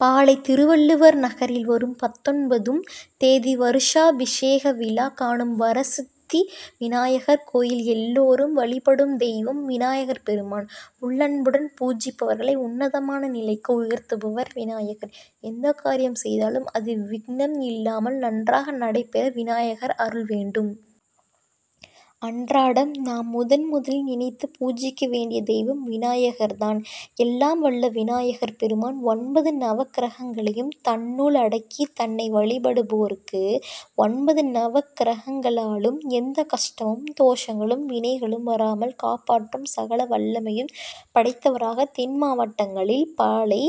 பாளை., திருவள்ளூவர் நகரில் வரும் பத்தொன்பதும் தேதி வருஷாபிஷேக விழா காணும் வரசித்தி விநாயகர் கோயில் எல்லோரும் வழிபடும் தெய்வம் விநாயகர் பெருமான். உள்ளன்புடன் பூஜிப்பவர்களை உன்னதமான நிலைக்கு உயர்த்துபவர் விநாயகர். எந்தக் காரியம் செய்தாலும் அது விக்னம் இல்லாமல் நன்றாக நடைபெற விநாயகர் அருள் வேண்டும். அன்றாடம் நாம் முதன் முதலில் நினைத்து பூஜிக்க வேண்டிய தெய்வம் விநாயகர்தான். எல்லாம் வல்ல விநாயகர் பெருமான் ஒன்பது நவக்கிரகங்களையும் தன்னுள் அடக்கி தன்னை வழிபடுபோருக்கு ஒன்பது நவக்கிரகங்களாலும் எந்தக் கஷ்டமும், தோஷங்களும், வினைகளும் வராமல் காப்பாற்றும் சகல வல்லமையும் படைத்தவராக தென் மாவட்டங்களில் பாளை.,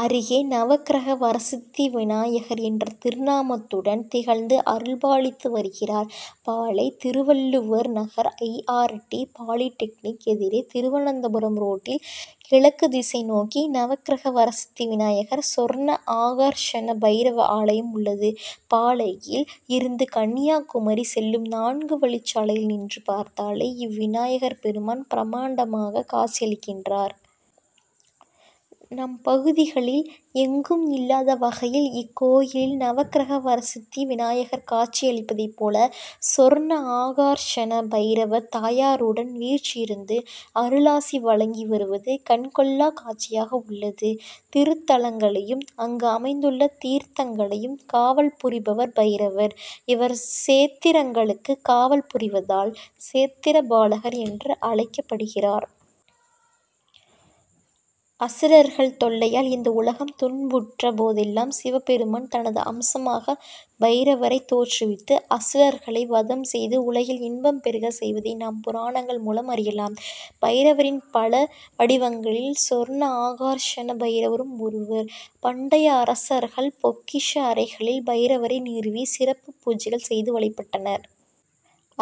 அருகே நவக்கிரக வரசித்தி விநாயகர் என்ற திருநாமத்துடன் திகழ்ந்து அருள் பாலித்து வருகிறார். Palai., Thiruvalluvar Nagar I. R. T., polytechnic எதிரே திருவனந்தபுரம் ரோட்டில் கிழக்குத் திசை நோக்கி நவக்கிரக வரசித்தி விநாயகர், சொர்ண ஆகர்ஷண பைரவ ஆலயம் உள்ளது. பாளை. யில் இருந்து கன்னியாகுமரி செல்லும் நான்கு வழிச்சாலையில் நின்று பார்த்தாலே இவ்விநாயகர் பெருமான் பிரமாண்டமாக காட்சியளிக்கின்றார். நம் பகுதிகளில் எங்கும் இல்லாத வகையில் இக்கோயில் நவக்கிரக வரசித்தி விநாயகர் காட்சி அளிப்பதைப் போல சொர்ண ஆகர்ஷண பைரவர் தாயாருடன் வீற்றிருந்து அருளாசி வழங்கி வருவது கண்கொள்ளாக் காட்சியாக உள்ளது. திருத்தலங்களையும், அங்கு அமைந்துள்ள தீர்த்தங்களையும் காவல் புரிபவர் பைரவர். இவர் சேத்திரங்களுக்குக் காவல் புரிவதால் சேத்திரப் பாலகர் என்று அழைக்கப்படுகிறார். அசுரர்கள் தொல்லையால் இந்த உலகம் துன்புற்ற போதெல்லாம் சிவபெருமான் தனது அம்சமாக பைரவரைத் தோற்றுவித்து, அசுரர்களை வதம் செய்து உலகில் இன்பம் பெருக செய்வதை நாம் புராணங்கள் மூலம் அறியலாம். பைரவரின் பல வடிவங்களில் சொர்ண ஆகர்ஷண பைரவரும் ஒருவர். பண்டைய அரசர்கள் பொக்கிஷ அறைகளில் பைரவரை நிறுவி சிறப்புப் பூஜைகள் செய்து வழிபட்டனர்.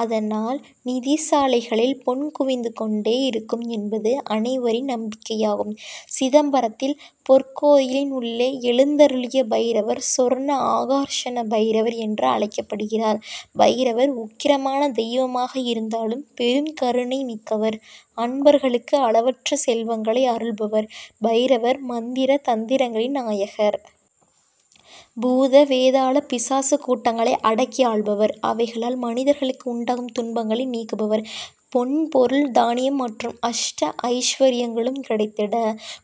அதனால் நிதிசாலைகளில் பொன் குவிந்துக் கொண்டே இருக்கும் என்பது அனைவரின் நம்பிக்கையாகும். சிதம்பரத்தில் பொற்கோயிலின் உள்ளே எழுந்தருளிய பைரவர் சொர்ண ஆகர்ஷண பைரவர் என்று அழைக்கப்படுகிறார். பைரவர் உக்கிரமான தெய்வமாக இருந்தாலும் பெரும் கருணை மிக்கவர். அன்பர்களுக்கு அளவற்ற செல்வங்களை அருள்பவர். பைரவர் மந்திர, தந்திரங்களின் நாயகர். பூத, வேதாள, பிசாசுக் கூட்டங்களை அடக்கி ஆள்பவர். அவைகளால் மனிதர்களுக்கு உண்டாகும் துன்பங்களை நீக்குபவர். பொன், பொருள், தானியம் மற்றும் அஷ்ட ஐஸ்வரியங்களும் கிடைத்திட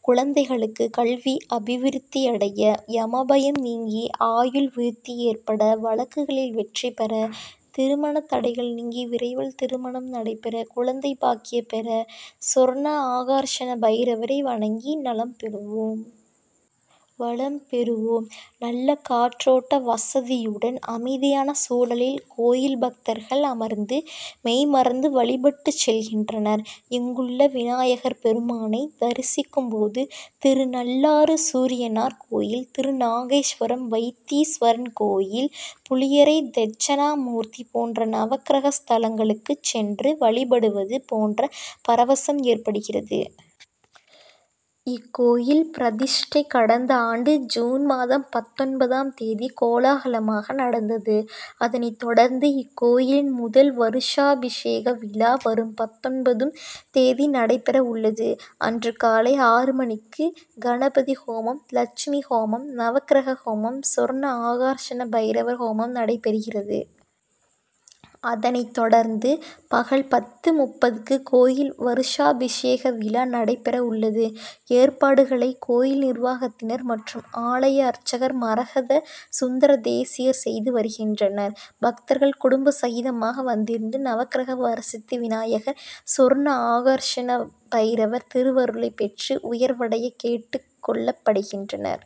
குழந்தைகளுக்கு கல்வி அபிவிருத்தியடைய, எமபயம் நீங்கி ஆயுள் விருத்தி ஏற்பட, வழக்குகளில் வெற்றி பெற திருமணத் தடைகள் நீங்கி விரைவில் திருமணம் நடைபெற குழந்தைப் பாக்கிய பெற சொர்ண ஆகர்ஷண பைரவரை வணங்கி நலம் பெறுவோம். வளம் பெறுவோம். நல்ல காற்றோட்ட வசதியுடன் அமைதியான சூழலில் கோயில் பக்தர்கள் அமர்ந்து மெய்மறந்து வழிபட்டுச் செல்கின்றனர். இங்குள்ள விநாயகர் பெருமானைத் தரிசிக்கும்போது திருநள்ளாறு சூரியனார் கோயில், திருநாகேஸ்வரம் வைத்தீஸ்வரன் கோயில், புளியரை தெட்சிணாமூர்த்தி போன்ற நவக்கிரக ஸ்தலங்களுக்குச் சென்று வழிபடுவது போன்ற பரவசம் ஏற்படுகிறது. இக்கோயில் பிரதிஷ்டை கடந்த ஆண்டு ஜூன் மாதம் பத்தொன்பதாம் தேதி கோலாகலமாக நடந்தது. அதனைத் தொடர்ந்து இக்கோயிலின் முதல் வருஷாபிஷேக விழா வரும் பத்தொன்பதும் தேதி நடைபெற உள்ளது. அன்று காலை ஆறு மணிக்கு கணபதி ஹோமம், லட்சுமி ஹோமம், நவக்கிரக ஹோமம், சொர்ண ஆகர்ஷண பைரவர் ஹோமம் நடைபெறுகிறது. அதனைத் தொடர்ந்து பகல் பத்து.முப்பதுக்கு கோயில் வருஷாபிஷேக விழா நடைபெற உள்ளது. ஏற்பாடுகளை கோயில் நிர்வாகத்தினர் மற்றும் ஆலய அர்ச்சகர் மரகத சுந்தர தேசிகர் செய்து வருகின்றனர். பக்தர்கள் குடும்ப சகிதமாக வந்திருந்து நவக்கிரக வரசித்தி விநாயகர், சொர்ண ஆகர்ஷண பைரவர் திருவருளைப் பெற்று உயர்வடைய கேட்டுக் கொள்ளப்படுகின்றனர்.